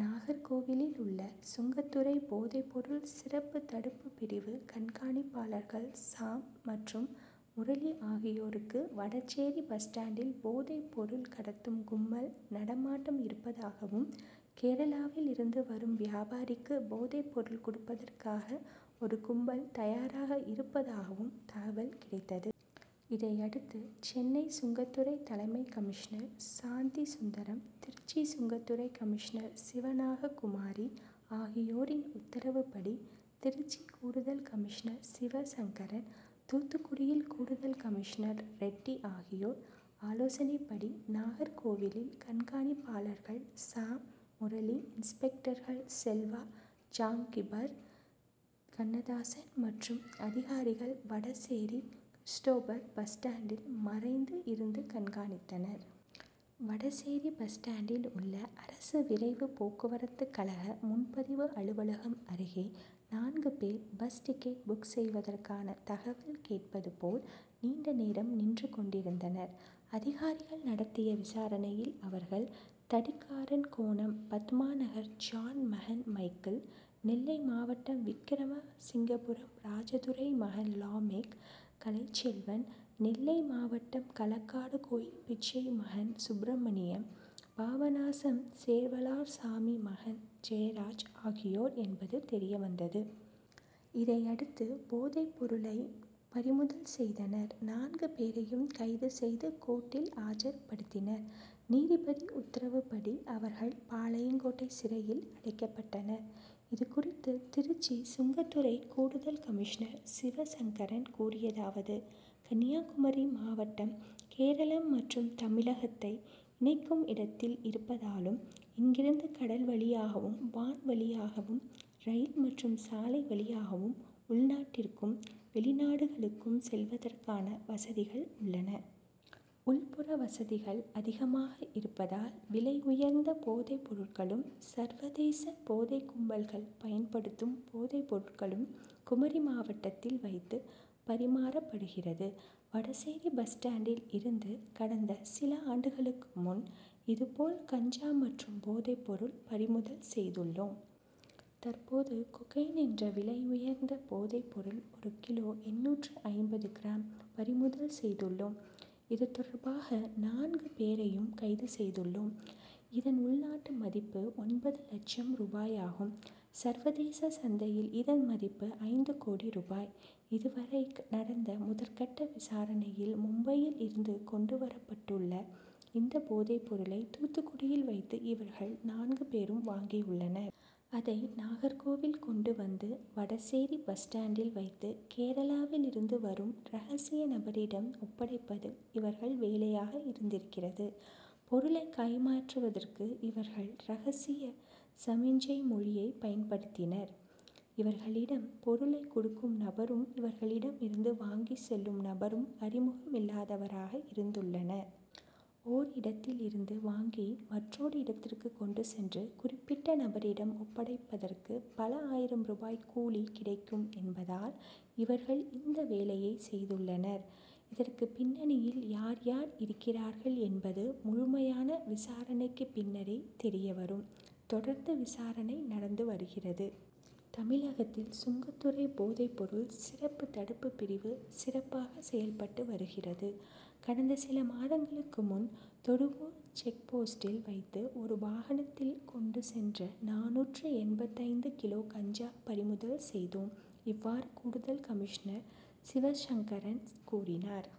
நாகர்கோவிலில் உள்ள சுங்கத்துறை போதை பொருள் சிறப்பு தடுப்பு பிரிவு கண்காணிப்பாளர்கள் சாம் மற்றும் முரளி ஆகியோருக்கு வடசேரி பஸ்டாண்டில் போதை பொருள் கடத்தும் கும்பல் நடமாட்டம் இருப்பதாகவும், கேரளாவில் இருந்து வரும் வியாபாரிக்கு போதை பொருள் கொடுப்பதற்காக ஒரு கும்பல் தயாராக இருப்பதாகவும் தகவல் கிடைத்தது. இதையடுத்து சென்னை சுங்கத்துறை தலைமை கமிஷனர் சாந்தி சுந்தரம், திருச்சி சுங்கத்துறை கமிஷனர் சிவநாககுமாரி ஆகியோரின் உத்தரவுபடி, திருச்சி கூடுதல் கமிஷனர் சிவசங்கரன், தூத்துக்குடி கூடுதல் கமிஷனர் ரெட்டி ஆகியோர் ஆலோசனைபடி நாகர்கோவில் கண்காணிப்பாளர்கள் சாம், முரளி, இன்ஸ்பெக்டர்கள் செல்வா, ஜாண்கீபர், கண்ணதாசன் மற்றும் அதிகாரிகள் வடசேரி கிறிஸ்டோபர் பஸ் ஸ்டாண்டில் மறைந்து இருந்து கண்காணித்தனர். வடசேரி பஸ் ஸ்டாண்டில் உள்ள அரசு விரைவு போக்குவரத்து கழக முன்பதிவு அலுவலகம் அருகே நான்கு பேர் பஸ் டிக்கெட் புக் செய்வதற்கான தகவல் கேட்பது போல் நீண்ட நேரம் நின்றுக்கொண்டிருந்தனர். அதிகாரிகள் நடத்திய விசாரணையில் அவர்கள், தடிக்காரன்கோணம் பத்மாநகர் ஜாண் மகன் மைக்கேல், நெல்லை மாவட்டம் விக்கிரமசிங்கபுரம் ராஜதுரை மகன் லாமேக் கலைச்செல்வன், நெல்லை மாவட்டம் களக்காடு கோயில்பிச்சை மகன் சுப்பிரமணியம், பாபநாசம் சேர்வலார் சாமி மகன் ஜெயராஜ் ஆகியோர் என்பது தெரியவந்தது. இதையடுத்து போதை பொருளை பறிமுதல் செய்தனர். நான்கு பேரையும் கைது செய்து கோர்டில் ஆஜர்படுத்தினர். நீதிபதி உத்தரவுபடி அவர்கள் பாளையங்கோட்டை சிறையில் அடைக்கப்பட்டனர். இதுகுறித்து திருச்சி சுங்கத்துறை கூடுதல் கமிஷனர் சிவசங்கரன் கூறியதாவது கன்னியாகுமரி மாவட்டம் கேரளம் மற்றும் தமிழகத்தை இணைக்கும் இடத்தில் இருப்பதாலும், இங்கிருந்து கடல் வழியாகவும், வான் வழியாகவும், ரயில் மற்றும் சாலை வழியாகவும் உள்நாட்டிற்கும், வெளிநாடுகளுக்கும் செல்வதற்கான வசதிகள் உள்ளன. உள்புற வசதிகள் அதிகமாக இருப்பதால் விலை உயர்ந்த போதை பொருட்களும், சர்வதேச போதை கும்பல்கள் பயன்படுத்தும் போதை பொருட்களும் குமரி மாவட்டத்தில் வைத்து பறிமாறப்படுகிறது. வடசேரி பஸ் ஸ்டாண்டில் இருந்து கடந்த சில ஆண்டுகளுக்கு முன் இதுபோல் கஞ்சா மற்றும் போதை பொருள் பறிமுதல் செய்துள்ளோம். தற்போது கொகைன் என்ற விலை உயர்ந்த போதை பொருள் ஒரு கிலோ எண்ணூற்று ஐம்பது கிராம் பறிமுதல் செய்துள்ளோம். இதுதொடர்பாக நான்கு பேரையும் கைது செய்துள்ளோம். இதன் உள்நாட்டு மதிப்பு ஒன்பது லட்சம் ரூபாயாகும். சர்வதேச சந்தையில் இதன்மதிப்பு ஐந்து கோடி ரூபாய். இதுவரை நடந்த முதற்கட்ட விசாரணையில், மும்பையில் இருந்து கொண்டு வரப்பட்டுள்ள இந்த போதை பொருளை தூத்துக்குடியில் வைத்து இவர்கள் நான்கு பேரும் வாங்கியுள்ளனர். அதை நாகர்கோவில் கொண்டு வந்து வடசேரி பஸ் ஸ்டாண்டில் வைத்து கேரளாவில் இருந்து வரும் ரகசிய நபரிடம் ஒப்படைப்பது இவர்கள் வேலையாக இருந்திருக்கிறது. பொருளை கைமாற்றுவதற்கு இவர்கள் ரகசிய சமிக்ஞை மொழியை பயன்படுத்துகின்றனர். இவர்களிடம் பொருளை கொடுக்கும் நபரும், இவர்களிடம் இருந்து வாங்கி செல்லும் நபரும் அறிமுகமில்லாதவராக இருந்துள்ளனர். ஓர் இடத்தில் இருந்து வாங்கி மற்றொரு இடத்திற்கு கொண்டு சென்று குறிப்பிட்ட நபரிடம் ஒப்படைப்பதற்கு பல ஆயிரம் ரூபாய் கூலி கிடைக்கும் என்பதால் இவர்கள் இந்த வேலை செய்துள்ளனர். இதற்கு பின்னணியில் யார் யார் இருக்கிறார்கள் என்பது முழுமையான விசாரணைக்கு பின்னரே தெரியவரும். தொடர்ந்து விசாரணை நடந்து வருகிறது. தமிழகத்தில் சுங்கத்துறை போதை பொருள் சிறப்பு தடுப்பு பிரிவு சிறப்பாக செயல்பட்டு வருகிறது. கடந்த சில மாதங்களுக்கு முன் தொடுவூர் செக்போஸ்டில் வைத்து ஒரு வாகனத்தில் கொண்டு சென்ற நானூற்று எண்பத்தைந்து கிலோ கஞ்சா பறிமுதல் செய்தோம். இவ்வாறு கூடுதல் கமிஷனர் சிவசங்கரன் கூறினார்.